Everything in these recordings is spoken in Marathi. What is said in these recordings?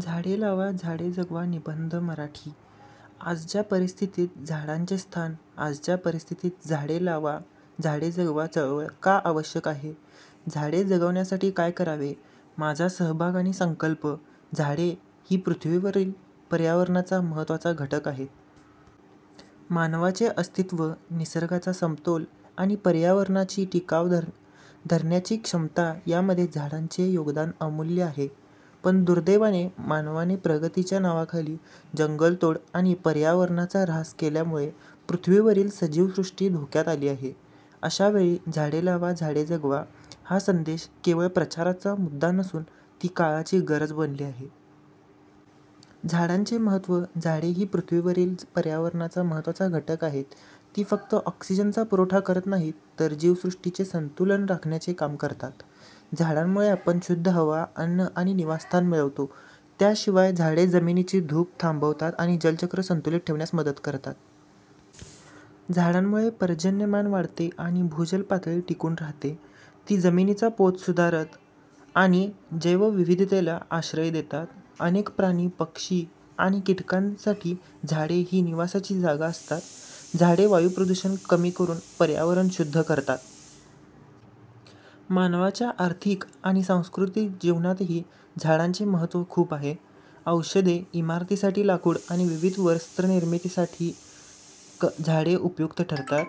झाडे लावा, झाडे जगवा निबंध मराठी, आजच्या परिस्थितीत झाडांचे स्थान, आजच्या परिस्थितीत झाडे लावा, झाडे जगवा चळवळ का आवश्यक आहे? झाडे जगवण्यासाठी काय करावे? माझा सहभाग आणि संकल्प. झाडे ही पृथ्वीवरील पर्यावरणाचा महत्त्वाचा घटक आहेत. मानवाचे अस्तित्व, निसर्गाचा समतोल आणि पर्यावरणाची टिकाव धरण्याची क्षमता यामध्ये झाडांचे योगदान अमूल्य आहे. पण दुर्दैवाने, मानवाने प्रगतीच्या नावाखाली जंगलतोड आणि पर्यावरणाचा ऱ्हास केल्यामुळे पृथ्वीवरील सजीव सृष्टी धोक्यात आली आहे. अशा वेळी झाडे लावा, झाडे जगवा हा संदेश केवळ प्रचाराचा मुद्दा नसून, ती काळाची गरज बनली आहे. झाडांचे महत्त्व. झाडे ही पृथ्वीवरील पर्यावरणाचा महत्त्वाचा घटक आहेत. ती फक्त ऑक्सिजनचा पुरवठा करत नाहीत, तर जीवसृष्टीचे संतुलन राखण्याचे काम करतात. झाडांमुळे आपण शुद्ध हवा, अन्न आणि निवासस्थान मिळवतो. त्याशिवाय झाडे जमिनीची धूप थांबवतात आणि जलचक्र संतुलित ठेवण्यास मदत करतात. झाडांमुळे पर्जन्यमान वाढते आणि भूजल पातळी टिकून राहते. ती जमिनीचा पोत सुधारतात आणि जैवविविधतेला आश्रय देतात. अनेक प्राणी, पक्षी आणि कीटकांसाठी झाडे ही निवासाची जागा असतात. झाडे वायुप्रदूषण कमी करून पर्यावरण शुद्ध करतात. मानवाच्या आर्थिक आणि सांस्कृतिक जीवनातही झाडांचे महत्त्व खूप आहे. औषधे, इमारतीसाठी लाकूड आणि विविध वस्त्रनिर्मितीसाठी झाडे उपयुक्त ठरतात.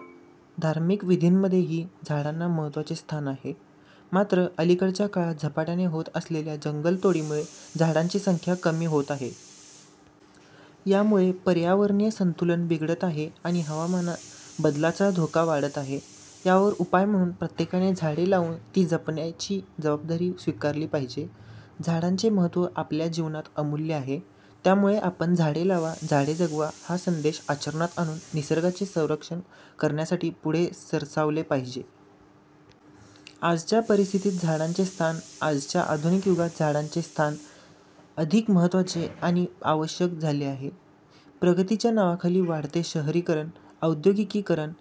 धार्मिक विधींमध्येही झाडांना महत्त्वाचे स्थान आहे. मात्र, अलीकडच्या काळात झपाट्याने होत असलेल्या जंगलतोडीमुळे झाडांची संख्या कमी होत आहे. यामुळे पर्यावरणीय संतुलन बिघडत आहे आणि हवामान बदलाचा धोका वाढत आहे. यावर उपाय म्हणून प्रत्येकाने झाडे लावून ती जपण्याची जबाबदारी स्वीकारली पाहिजे. झाडांचे महत्त्व आपल्या जीवनात अमूल्य आहे. त्यामुळे आपण झाडे लावा, झाडे जगवा हा संदेश आचरणात आणून निसर्गाचे रक्षण करण्यासाठी पुढे सरसावले पाहिजे. आजच्या परिस्थितीत झाडांचे स्थान. आजच्या आधुनिक युगात झाडांचे स्थान अधिक महत्त्वाचे आणि आवश्यक झाले आहे. प्रगतीच्या नावाखाली वाढते शहरीकरण, औद्योगिकीकरण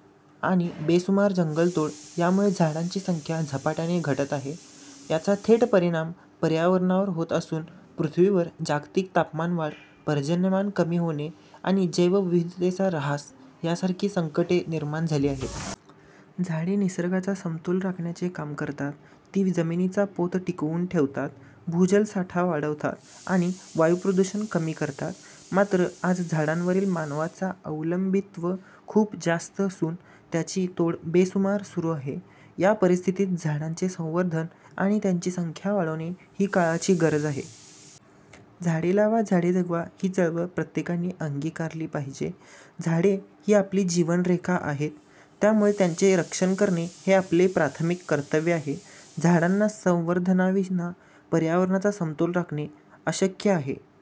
आणि बेसुमार जंगलतोड यामुळे झाडांची संख्या झपाट्याने घटत आहे. याचा थेट परिणाम पर्यावरणावर होत असून, पृथ्वीवर जागतिक तापमानवाढ, पर्जन्यमान कमी होणे आणि जैवविविधतेचा ऱ्हास यासारखी संकटे निर्माण झाली आहेत. झाडे निसर्गाचा समतोल राखण्याचे काम करतात. ती जमिनीचा पोत टिकवून ठेवतात, भूजल साठा वाढवतात आणि वायुप्रदूषण कमी करतात. मात्र, आज झाडांवरील मानवाचा अवलंबित्व खूप जास्त असून, त्यांची तोड बेसुमार सुरू आहे. या परिस्थितीत झाडांचे संवर्धन आणि त्यांची संख्या वाढवणे ही काळाची गरज आहे. झाडे लावा, झाडे जगवा ही चळवळ प्रत्येकाने अंगीकारली पाहिजे. झाडे ही आपली जीवनरेखा आहेत, त्यामुळे त्यांचे रक्षण करणे हे आपले प्राथमिक कर्तव्य आहे. झाडांच्या संवर्धनाविना पर्यावरणाचा समतोल राखणे अशक्य आहे.